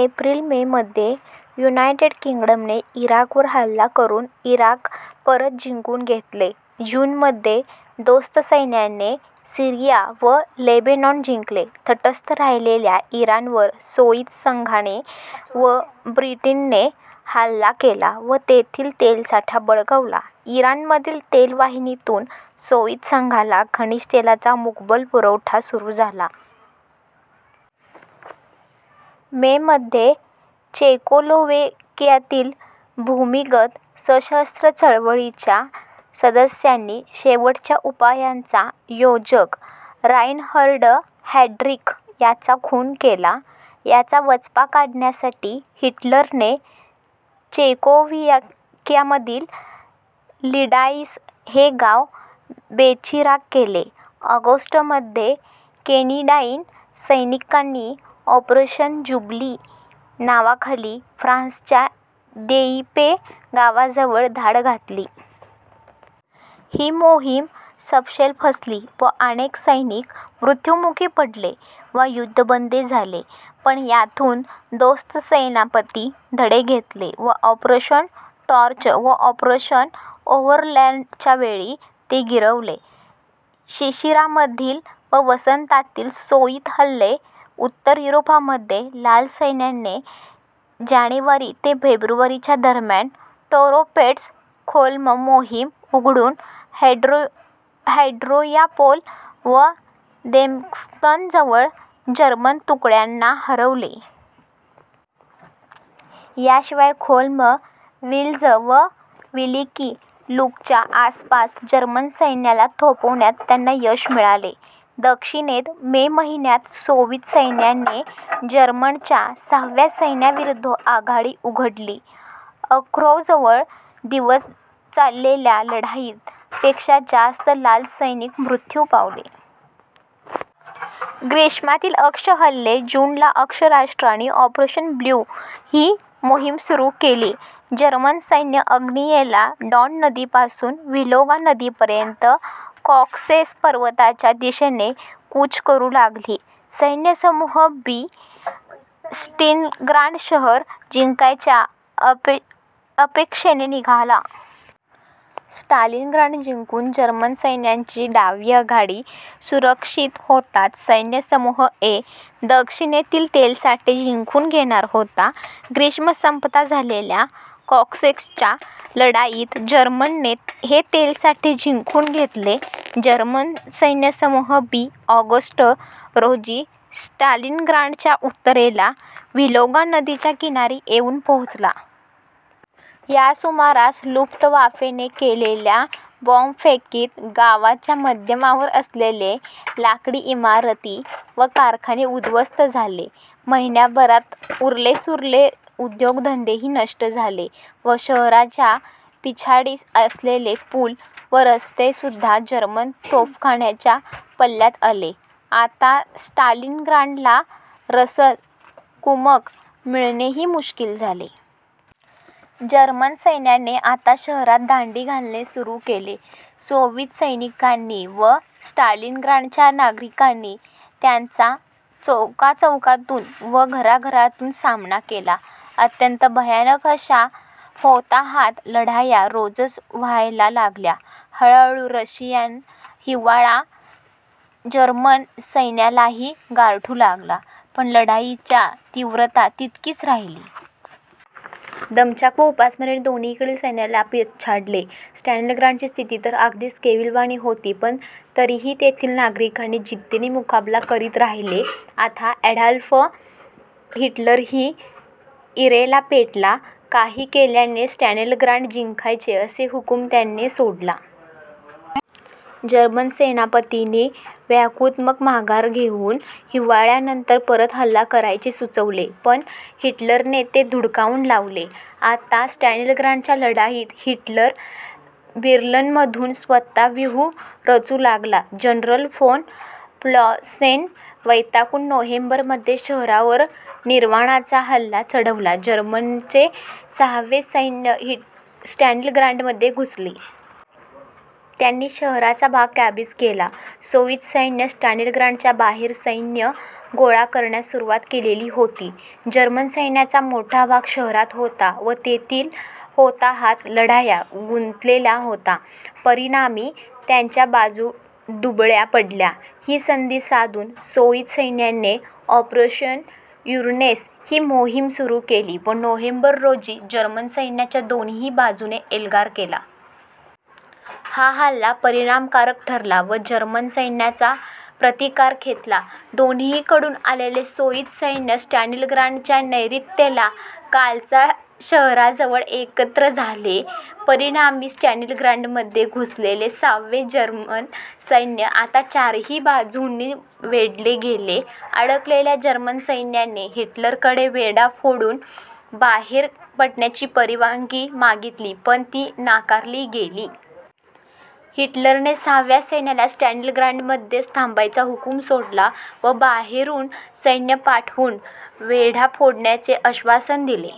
April May मध्ये United किंग्डमने इराकवर हल्ला करून इराक परत जिंकून घेतले. जूनमध्ये दोस्त सैन्याने सीरिया व लेबेनॉन जिंकले. तटस्थ राहिलेल्या इराणवर सोव्हिएत संघाने व ब्रिटनने हल्ला केला व तेथील तेलसाठा बळकावला. इराणमधील तेलवाहिन्यांतून सोव्हिएत संघाला खनिज तेलाचा मुबलक पुरवठा सुरू झाला. मे मध्ये चेकोस्लोव्हेकियातील भूमिगत सशस्त्र चळवळीच्या सद्स्यांनी ' शेवटच्या उपायाचा ' योजक राइनहार्ड हेड्रिख याचा खून केला. याचा वचपा काढण्यासाठी हिटलरने चेकोस्लोव्हेकियामधील लिडाईस हे गाव बेचिराख केले. ऑगस्टमध्ये केनेडीयन सैनिकांनी ऑपरेशन ज्युबिली नावाखाली फ्रान्सच्या दियेपे गावाजवळ धाड घातली. ही मोहीम सपशेल फसली व अनेक सैनिक मृत्युमुखी पडले वा युद्धबंदी झाले पण यातून दोस्त सेनापतींनी धडे घेतले व ऑपरेशन टॉर्च व ऑपरेशन ओव्हरलॉर्डच्यावेळी ते गिरवले. शिशिरामधील व वसंतातील सोव्हिएत हल्ले उत्तर युरोपमध्ये लाल सैन्याने जानेवारी ते फेब्रुवारी च्या दरम्यान टोरोपेट्स-खोल्म मोहीम उघडुन अँड्रियापोल व देम्यान्स्कजवळ जर्मन तुकड्यांना हरवले. याशिवाय खोल्म, वेलिझ व वेलिकी लुकीच्या आसपास जर्मन सैन्याला थोपवण्यात त्यांना यश मिळाले. दक्षिणेत मे महिन्यात सोव्हिएत सैन्याने जर्मनीच्या सहाव्या सैन्याविरुद्ध आघाडी उघडली. खार्कोव्हजवळ दिवस चाललेल्या लढाईत, पेक्षा जास्त लाल सैनिक मृत्यू पावले. ग्रीष्मातील अक्ष हल्ले जून ला अक्ष राष्ट्रांनी ऑपरेशन ब्लू ही मोहीम सुरू केली. जर्मन सैन्य आग्नेयेला डॉन नदी पासून व्होल्गा नदीपर्यंत कॉकेसस पर्वतांच्या दिशेने कूच करू लागली. सैन्यसमूह बी स्टालिनग्राड शहर जिंकायच्या अपेक्षेने निघाला. स्टालिनग्राड जिंकून जर्मन सैन्याची डावी आघाडी सुरक्षित होताच सैन्यसमूह ए दक्षिणेतील तेलसाठे जिंकून घेणार होता. ग्रीष्म संपता झालेल्या कॉकेससच्या लढाईत जर्मनीने हे तेलसाठे जिंकून घेतले. जर्मन सैन्यसमूह बी ऑगस्ट, रोजी स्टालिनग्राडच्या उत्तरेला व्होल्गा नदीच्या किनारी येऊन पोचला. यासुमारास लुफ्तवाफेने केलेल्या बॉम्बफेकीत गावाच्या मध्यावर असलेल्या लाकडी इमारती व कारखाने उद्ध्वस्त झाले. महिन्याभरात उरलेसुरले उद्योग-धंदेही नष्ट झाले व शहराच्या पिछाडीस असलेले पूल व रस्तेसुद्धा जर्मन तोफखान्याच्या पल्ल्यात आले. आता स्टालिनग्राडला रसद/कुमक मिळणेही मुश्किल झाले. जर्मन सैन्याने आता शहरात धाडी घालणे सुरू केले. सोव्हिएत सैनिकांनी व स्टालिनग्राडच्या नागरिकांनी त्यांचा चौकाचौकातून व घराघरातून सामना केला. अत्यंत भयानक अश्या हातोहात लढाया रोजच व्हायला लागल्या. हळूहळू रशियन हिवाळा जर्मन सैन्यालाही गारठू लागला पण लढाईची तीव्रता तितकीच राहिली. दमछाक व उपासमारीने दोन्हीकडील सैन्याला पछाडले. स्टालिनग्राडची स्थिती तर अगदीच केविलवाणी होती पण तरीही तेथील नागरिक जिद्दीने मुकाबला करीत राहिले. आता ॲडॉल्फ हिटलरही ईरेला पेटला. काही केल्या स्टालिनग्राड जिंकायचेच असे हुकुम त्याने सोडले. जर्मन सेनापतींनी व्यूहात्मक माघार घेउन हिवाळ्यानंतर परत हल्ला करायचे सुचवले पण हिटलरने ते धुडकावून लावले. आता स्टालिनग्राडच्या लढाईत हिटलर बर्लिनमधून स्वतः व्यूह रचू लागला. जनरल फोन पॉलसने वैतागून नोव्हेंबरमध्ये शहरावर निर्वाणीचा हल्ला चढवला जर्मनीचे सहावे सैन्य स्टालिनग्राडमध्ये घुसले. त्यांनी शहराचा भाग काबीज केला. सोव्हिएत सैन्याने स्टालिनग्राडच्या बाहेर सैन्य गोळा करण्यास सुरुवात केलेली होती. जर्मन सैन्याचा मोठा भाग शहरात होता व तेथील हातोहात लढायां गुंतलेला होता. परिणामी त्यांच्या बाजू दुबळ्या पडल्या. ही संधी साधून सोव्हिएत सैन्याने ऑपरेशन युरेनस ही मोहीम सुरू केली व नोव्हेंबर रोजी जर्मन सैन्याच्या दोन्ही बाजूने एल्गार केला. हा हल्ला परिणामकारक ठरला व जर्मन सैन्याचा प्रतिकार खचला. दोन्हीकडून आलेले सोव्हिएत सैन्य स्टालिनग्राडच्या नैर्ऋत्येला कलाच शहराजवळ एकत्र झाले. परिणामी स्टालिनग्राडमध्ये घुसलेले सहावे जर्मन सैन्य आता चारही बाजूंनी वेढले गेले. अडकलेल्या जर्मन सैन्याने हिटलरकडे वेढा फोडून बाहेर पडण्याची परवानगी मागितली पण ती नाकारली गेली. हिटलरने सहाव्या सैन्याला स्टालिनग्राडमध्येच थांबायचा हुकुम सोडला व बाहेरून सैन्य पाठवून वेढा फोडण्याचे आश्वासन दिले.